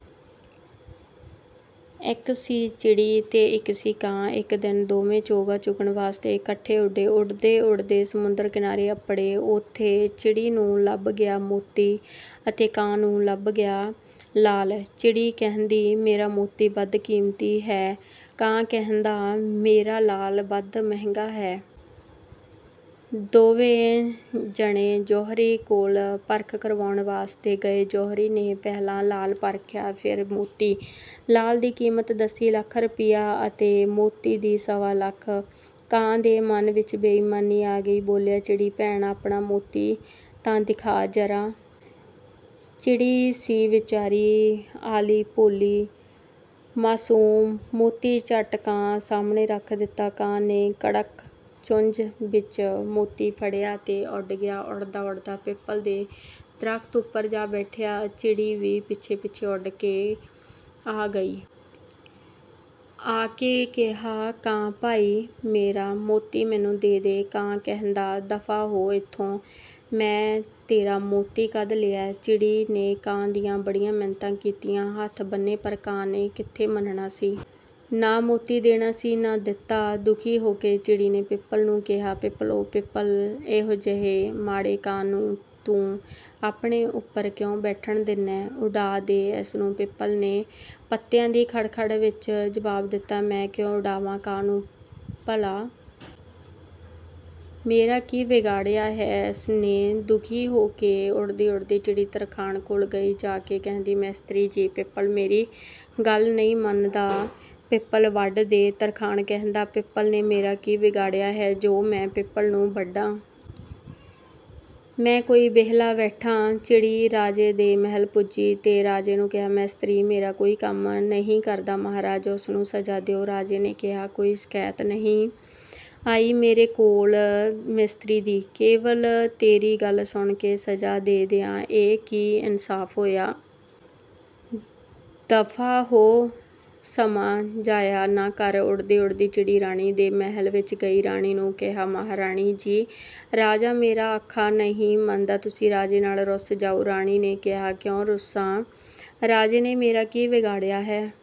ਇੱਕ ਸੀ ਚਿੜੀ ਤੇ ਇੱਕ ਸੀ ਕਾਂ। ਇੱਕ ਦਿਨ ਦੋਵੇਂ ਚੋਗਾ ਚੁਗਣ ਵਾਸਤੇ ਇਕੱਠੇ ਉਡੇ। ਉਡਦੇ-ਉਡਦੇ ਸਮੁੰਦਰ ਕਿਨਾਰੇ ਅੱਪੜੇ। ਉਥੇ ਚਿੜੀ ਨੂੰ ਲੱਭ ਗਿਆ ਮੋਤੀ ਅਤੇ ਕਾਂ ਨੂੰ ਲੱਭ ਗਿਆ ਲਾਲ। ਚਿੜੀ ਕਹਿੰਦੀ, ਮੇਰਾ ਮੋਤੀ ਵੱਧ ਕੀਮਤੀ ਹੈ; ਕਾਂ ਕਹਿੰਦਾ, ਮੇਰਾ ਲਾਲ ਵੱਧ ਮਹਿੰਗਾ ਹੈ। ਦੋਵੇਂ ਜਣੇ ਜੌਹਰੀ ਕੋਲ ਪਰਖ ਕਰਵਾਉਣ ਵਾਸਤੇ ਗਏ। ਜੌਹਰੀ ਨੇ ਪਹਿਲਾਂ ਲਾਲ ਪਰਖਿਆ, ਫਿਰ ਮੋਤੀ। ਲਾਲ ਦੀ ਕੀਮਤ ਦੱਸੀ ਲੱਖ ਰੁਪਿਆ ਅਤੇ ਮੋਤੀ ਦੀ ਸਵਾ ਲੱਖ। ਕਾਂ ਦੇ ਮਨ ਵਿਚ ਬੇਈਮਾਨੀ ਆ ਗਈ; ਬੋਲਿਆ-ਚਿੜੀ ਭੈਣ ਆਪਣਾ ਮੋਤੀ ਤਾਂ ਦਿਖਾ ਜ਼ਰਾ! ਚਿੜੀ ਸੀ ਵਿਚਾਰੀ ਆਲੀ ਭੋਲੀ, ਮਾਸੂਮ। ਮੋਤੀ ਝੱਟ ਕਾਂ ਸਾਹਮਣੇ ਰੱਖ ਦਿੱਤਾ। ਕਾਂ ਨੇ ਕੜੱਕ ਚੁੰਜ ਵਿਚ ਮੋਤੀ ਫੜਿਆ ਤੇ ਉਡ ਗਿਆ। ਉਡਦਾ-ਉਡਦਾ ਪਿੱਪਲ ਦੇ ਦਰਖਤ ਉਪਰ ਜਾ ਬੈਠਿਆ। ਚਿੜੀ ਵੀ ਪਿੱਛੇ-ਪਿੱਛੇ ਉਡ ਕੇ ਆ ਗਈ। ਆ ਕੇ ਕਿਹਾ-ਕਾਂ ਭਾਈ, ਮੇਰਾ ਮੋਤੀ ਮੈਨੂੰ ਦੇ ਦੇ। ਕਾਂ ਕਹਿੰਦਾ-ਦਫਾ ਹੋ ਇਥੋਂ। ਮੈਂ ਤੇਰਾ ਮੋਤੀ ਕਦ ਲਿਐ? ਚਿੜੀ ਨੇ ਕਾਂ ਦੀਆਂ ਬੜੀਆਂ ਮਿੰਨਤਾਂ ਕੀਤੀਆਂ, ਹੱਥ ਬੰਨ੍ਹੇ ਪਰ ਕਾਂ ਨੇ ਕਿੱਥੇ ਮੰਨਣਾ ਸੀ? ਨਾ ਮੋਤੀ ਦੇਣਾ ਸੀ, ਨਾ ਦਿੱਤਾ। ਦੁਖੀ ਹੋ ਕੇ ਚਿੜੀ ਨੇ ਪਿੱਪਲ ਨੂੰ ਕਿਹਾ-ਪਿੱਪਲ ਓ ਪਿੱਪਲ, ਇਹੋ ਜਿਹੇ ਮਾੜੇ ਕਾਂ ਨੂੰ ਤੂੰ ਆਪਣੇ ਉਪਰ ਕਿਉਂ ਬੈਠਣ ਦਿੰਨੈਂ? ਉਡਾ ਦੇ ਇਸ ਨੂੰ। ਪਿੱਪਲ ਨੇ ਪੱਤਿਆਂ ਦੀ ਖੜ-ਖੜ ਵਿਚ ਜਵਾਬ ਦਿੱਤਾ-ਮੈਂ ਕਿਉਂ ਉਡਾਵਾਂ ਕਾਂ ਨੂੰ ਭਲਾ? ਮੇਰਾ ਕੀ ਵਿਗਾੜਿਆ ਹੈ ਇਸ ਨੇ? ਦੁਖੀ ਹੋ ਕੇ ਉਡਦੀ-ਉਡਦੀ ਚਿੜੀ ਤਰਖਾਣ ਕੋਲ ਗਈ। ਜਾ ਕੇ ਕਹਿੰਦੀ-ਮਿਸਤਰੀ ਜੀ, ਪਿੱਪਲ ਮੇਰੀ ਗੱਲ ਨੀ ਮੰਨਦਾ, ਪਿੱਪਲ ਵੱਢ ਦੇ। ਤਰਖਾਣ ਕਹਿੰਦਾ-ਪਿੱਪਲ ਨੇ ਮੇਰਾ ਕੀ ਵਿਗਾੜਿਆ ਹੈ ਜੋ ਮੈਂ ਪਿੱਪਲ ਵੱਢਾਂ? ਮੈਂ ਕੋਈ ਵਿਹਲਾ ਬੈਠਾਂ? ਚਿੜੀ ਰਾਜੇ ਦੇ ਮਹਿਲ ਪੁੱਜੀ ਤੇ ਰਾਜੇ ਨੂੰ ਕਿਹਾ-ਮਿਸਤਰੀ ਮੇਰਾ ਕੰਮ ਨਹੀਂ ਕਰਦਾ ਮਹਾਰਾਜ! ਉਸ ਨੂੰ ਸਜ਼ਾ ਦਿਓ। ਰਾਜੇ ਨੇ ਕਿਹਾ-ਕੋਈ ਸ਼ਿਕਾਇਤ ਨਹੀਂ ਆਈ ਮੇਰੇ ਕੋਲ ਮਿਸਤਰੀ ਦੀ, ਕੇਵਲ ਤੇਰੀ ਗੱਲ ਸੁਣ ਕੇ ਸਜ਼ਾ ਦੇ ਦਿਆਂ, ਇਹ ਕੀ ਇਨਸਾਫ ਹੋਇਆ? ਦਫਾ ਹੋ, ਸਮਾਂ ਜ਼ਾਇਆ ਨਾ ਕਰ। ਉਡਦੀ-ਉਡਦੀ ਚਿੜੀ ਰਾਣੀ ਦੇ ਮਹਿਲ ਵਿਚ ਗਈ। ਰਾਣੀ ਨੂੰ ਕਿਹਾ-ਮਹਾਰਾਣੀ ਜੀ! ਰਾਜਾ ਮੇਰਾ ਆਖਾ ਨਹੀਂ ਮੰਨਦਾ। ਤੁਸੀਂ ਰਾਜੇ ਨਾਲ ਰੁੱਸ ਜਾਉ। ਰਾਣੀ ਨੇ ਕਿਹਾ-ਕਿਉਂ ਰੁੱਸਾਂ? ਰਾਜੇ ਨੇ ਮੇਰਾ ਕੀ ਵਿਗਾੜਿਆ ਹੈ?